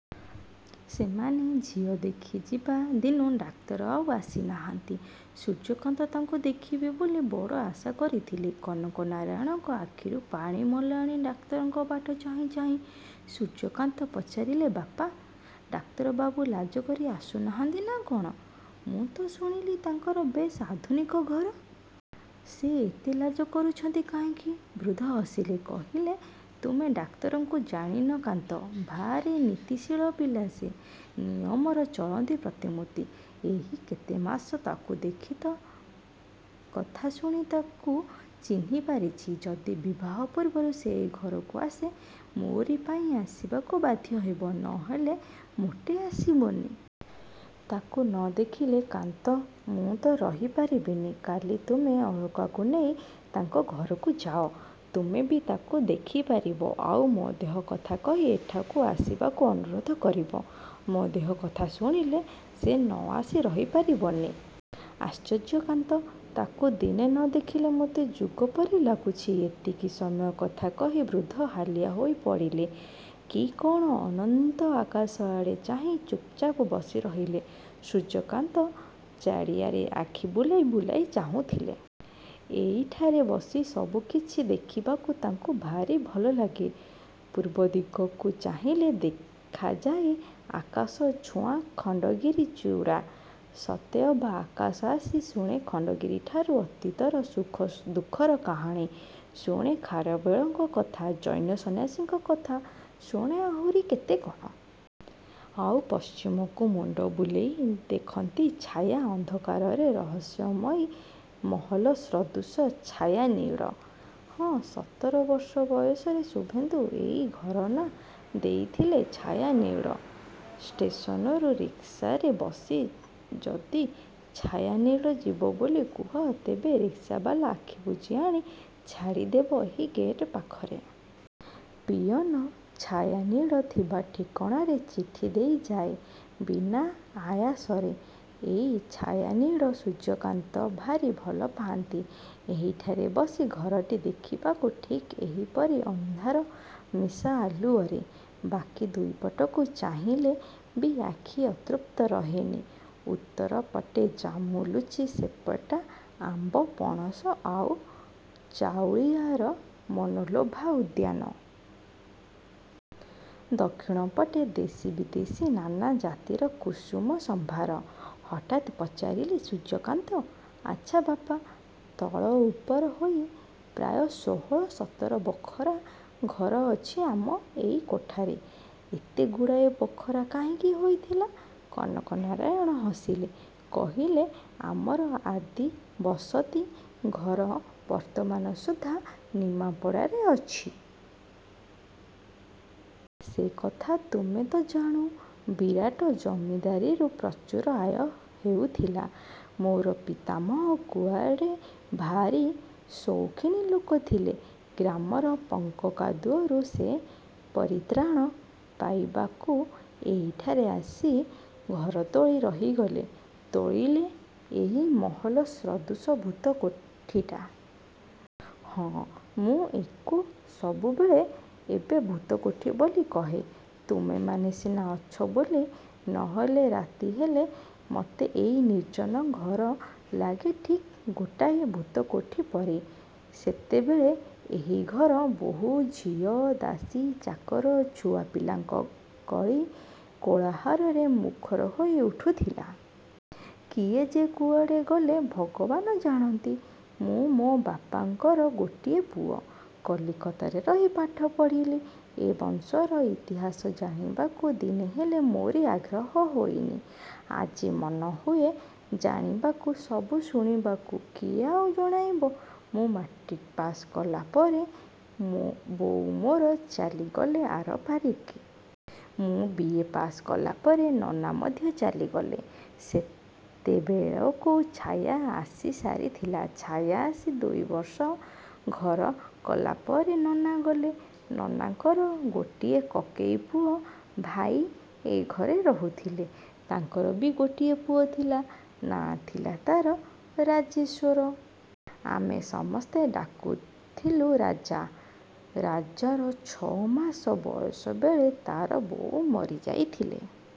ସେମାନେ ଝିଅ ଦେଖିଯିବା ଦିନୁ ଡାକ୍ତର ଆଉ ଆସିନାହାନ୍ତି। ସୂର୍ଯ୍ୟକାନ୍ତ ତାଙ୍କୁ ଦେଖିବେ ବୋଲି ବଡ଼ ଆଶା କରିଥିଲେ। କନକ ନାରାୟଣଙ୍କ ଆଖିରୁ ପାଣି ମଲାଣି ଡାକ୍ତରଙ୍କ ବାଟ ଚାହିଁ ଚାହିଁ। ସୂର୍ଯ୍ୟକାନ୍ତ ପଚାରିଲେ ବାପା, ଡାକ୍ତରବାବୁ ଲାଜ କରି ଆସୁନାହାନ୍ତି ନା କ'ଣ? ମୁଁ ତ ଶୁଣିଲି ତାଙ୍କର ବେଶ୍ ଆଧୁନିକ ଘର। ସେ ଏତେ ଲାଜ କରୁଛନ୍ତି କାହିଁକି? ବୃଦ୍ଧ ହସିଲେ। କହିଲେ ତୁମେ ଡାକ୍ତରଙ୍କୁ ଜାଣନି କାନ୍ତ, ଭାରୀ ନୀତିଶୀଳ ପିଲା ସେ। ନିୟମର ଚଳନ୍ତି ପ୍ରତିମୂର୍ତ୍ତି। ଏଇ କେତେ ମାସ ତାକୁ ଦେଖି ତ କଥା ଶୁଣି ତାକୁ। ଚିହ୍ନି ପାରିଛି। ଯଦି ବିବାହ ପୂର୍ବରୁ ସେ ଏ ଘରକୁ ଆସେ ମୋରି ପାଇଁ ଆସିବାକୁ ବାଧ୍ୟ ହେବ, ନହେଲେ ମୋଟେ ଆସିବନି। ତାକୁ ନ ଦେଖିଲେ କାନ୍ତ ମୁଁ ତ ରହି ପାରିବିନି। କାଲି ତୁମେ ଅଳକାକୁ ନେଇ ତାଙ୍କ ଘରକୁ ଯାଅ। ତୁମେ ବି ତାକୁ ଦେଖି ପାରିବ, ଆଉ ମୋ ଦେହ କଥା କହି ଏଠାକୁ ଆସିବାକୁ ଅନୁରୋଧ କରିବ। ମୋ ଦେହ କଥା ଶୁଣିଲେ ସେ ନ ଆସି ରହି ପାରିବନି। ଆଶ୍ଚର୍ଯ୍ୟ କାନ୍ତ, ତାକୁ ଦିନେ ନ ଦେଖିଲେ ମୋତେ ଯୁଗ ପରି ଲାଗୁଛି। ଏତିକି ସମୟ କଥା କହି ବୃଦ୍ଧ ହାଲିଆ ହୋଇ ପଡ଼ିଲେ କି କ'ଣ ଅନନ୍ତ ଆକାଶ ଆଡ଼େ ଚାହିଁ ଚୁପ୍ ଚାପ୍ ବସି ରହିଲେ। ସୂର୍ଯ୍ୟକାନ୍ତ ଚାରିଆଡ଼େ ଆଖି ବୁଲାଇ ବୁଲାଇ ଚାହୁଁଥିଲେ। ଏଇଠାରେ ବସି ସବୁ କିଛି ଦେଖିବାକୁ ତାଙ୍କୁ ଭାରି ଭଲ ଲାଗେ। ପୂର୍ବ ଦିଗକୁ ଚାହିଁଲେ ଦେଖାଯାଏ ଆକାଶ ଛୁଆଁ ଖଣ୍ଡଗିରି ଚୂଡ଼ା। ସତେଅବା ଆକାଶ ଆସି ଶୁଣେ ଖଣ୍ଡଗିରିଠାରୁ ଅତୀତର ସୁଖ ଦୁଃଖର କାହାଣୀ, ଶୁଣେ ଖାରବେଳଙ୍କ କଥା, ଜୈନ ସନ୍ନ୍ୟାସୀଙ୍କ କଥା, ଶୁଣେ ଆହୁରି କେତେ କ'ଣ। ଆଉ ପଶ୍ଚିମକୁ ମୁଣ୍ଡ ବୁଲେଇ ଦେଖନ୍ତି ଛାୟା ଅନ୍ଧକାରରେ ରହସ୍ୟମୟୀ ମହଲ ସଦୃଶ ଛାୟାନୀଡ଼। ହଁ ସତର ବର୍ଷ ବୟସରେ ଶୁଭେନ୍ଦୁ ଏଇ ଘରର ନାଁ ଦେଇଥିଲେ "ଛାୟାନୀଡ଼"। ଷ୍ଟେସନରୁ ରିକ୍ସାରେ ବସି ଯଦି "ଛାୟାନୀଡ଼" ଯିବ ବୋଲି କୁହ, ତେବେ ରିକ୍ସାବାଲା ଆଖିବୁଜି ଆଣି ଛାଡ଼ିଦେବ ଏହି ଗେଟ୍ ପାଖରେ। ପିଅନ "ଛାୟାନୀଡ଼" ଥିବା ଠିକଣାରେ ଚିଠି ଦେଇଯାଏ ବିନା ଆୟାସରେ। ଏଇ "ଛାୟାନୀଡ଼" ସୂର୍ଯ୍ୟକାନ୍ତ ଭାରି ଭଲ ପାଆନ୍ତି ଏଇଠାରେ ବସି ଘରଟି ଦେଖିବାକୁ ଠିକ୍ ଏହିପରି ଅନ୍ଧାର ମିଶା ଆଲୁଅରେ। ବାକି ଦୁଇପଟକୁ ଚାହିଁଲେ ବି ଆଖି ଅତୃପ୍ତ ରହେନି। ଉତ୍ତର ପଟେ ଜାମୁ, ଲୁଚି, ସେପେଟା, ଆମ୍ବ, ପଣସ ଓ ଚାଉଳିଆର ମନଲୋଭା ଉଦ୍ୟାନ। ଦକ୍ଷିଣପଟେ ଦେଶୀ ବିଦେଶୀ ନାନା ଜାତିର କୁସୁମ ସମ୍ଭାର। ହଠାତ୍ ପଚାରିଲେ ସୂର୍ଯ୍ୟକାନ୍ତ ଆଚ୍ଛା ବାପା, ତଳ ଉପର ହୋଇ ପ୍ରାୟ ଷୋହଳ ସତର ବଖରା ଘର ଅଛି ଆମର ଏଇ କୋଠାରେ। ଏତେଗୁଡ଼ାଏ ବଖରା କାହିଁକି ହୋଇଥିଲା? କନକ ନାରାୟଣ ହସିଲେ, କହିଲେ ଆମର ଆଦିବସତି ଘର ବର୍ତ୍ତମାନ ସୁଦ୍ଧା ନିମାପଡ଼ାରେ ଅଛି। ସେକଥା ତୁମେ ତ ଜାଣୁ। ବିରାଟ ଜମିଦାରୀରୁ ପ୍ରଚୁର ଆୟ ହେଉଥିଲା। ମୋର ପିତାମହ କୁଆଡ଼େ ଭାରି ସୌଖିନ୍ ଲୋକ ଥିଲେ। ଗ୍ରାମର ପଙ୍କ କାଦୁଅରୁ ସେ ପରିତ୍ରାଣ ପାଇବାକୁ ଏଇଠାରେ ଆସି ଘର ତୋଳି ରହିଗଲେ। ତୋଳିଲେ ଏଇ ମହଲ ସଦୃଶ ଭୂତ କୋଠିଟା। ହଁ, ମୁଁ ଏକୁ ସବୁବେଳେ ଏବେ ଭୂତକୋଠି ବୋଲି କହେ। ତୁମେମାନେ ସିନା ଅଛ ବୋଲି, ନହେଲେ ରାତି ହେଲେ ମତେ ଏଇ ନିର୍ଜନ ଘର ଲାଗେ ଠିକ୍ ଗୋଟାଏ ଭୂତକୋଠି ପରି। ସେତେବେଳେ ଏ ଘର ବୋହୂ, ଝିଅ, ଦାସୀ, ଚାକର ଛୁଆପିଲାଙ୍କ କଳି କୋଳାହଳରେ ମୁଖର ହୋଇ ଉଠୁଥିଲା। କିଏ, ଯେ କୁଆଡ଼େ ଗଲେ ଭଗବାନ ଜାଣନ୍ତି। ମୁଁ, ମୋ ବାପାଙ୍କର ଗୋଟିଏ ପୁଅ। କଲିକତାରେ ରହି ପାଠ ପଢ଼ିଲି। ଏ ବଂଶର ଇତିହାସ ଜାଣିବାକୁ ଦିନେହେଲେ ମୋରି ଆଗ୍ରହ ହୋଇନି। ଆଜି ମନହୁଏ ଜାଣିବାକୁ, ସବୁ ଶୁଣିବାକୁ। କିଏ ଆଉ ଜଣାଇବ! ମୁଁ ମାଟ୍ରିକ୍ ପାଶ୍ କଲାପରେ ବୋଉ ମୋର ଚାଲିଗଲେ ଆରପାରିକି। ମୁଁ ବି. ଏ. ପାଶ୍ କଲାପରେ ନନା ମଧ୍ୟ ଚାଲିଗଲେ। ସେତେବେଳକୁ ଛାୟା ଆସିସାରିଥିଲା। ଛାୟା ଆସି ଦୁଇବର୍ଷ ଘର କଲାପରେ ନନା ଗଲେ। ନନାଙ୍କର ଗୋଟିଏ କକେଇ ପୁଅ ଭାଇ ଏ ଘରେ ରହୁଥିଲେ। ତାଙ୍କର ବି ଗୋଟିଏ ପୁଅ ଥିଲା। ନାଁ ଥିଲା ତା'ର "ରାଜେଶ୍ୱର"। ଆମେ ସମସ୍ତେ ଡାକିଥିଲୁ "ରାଜା"। ରାଜାର ଛଅମାସ ବୟସ ବେଳେ ତା'ର ବୋଉ ମରିଯାଇଥିଲେ।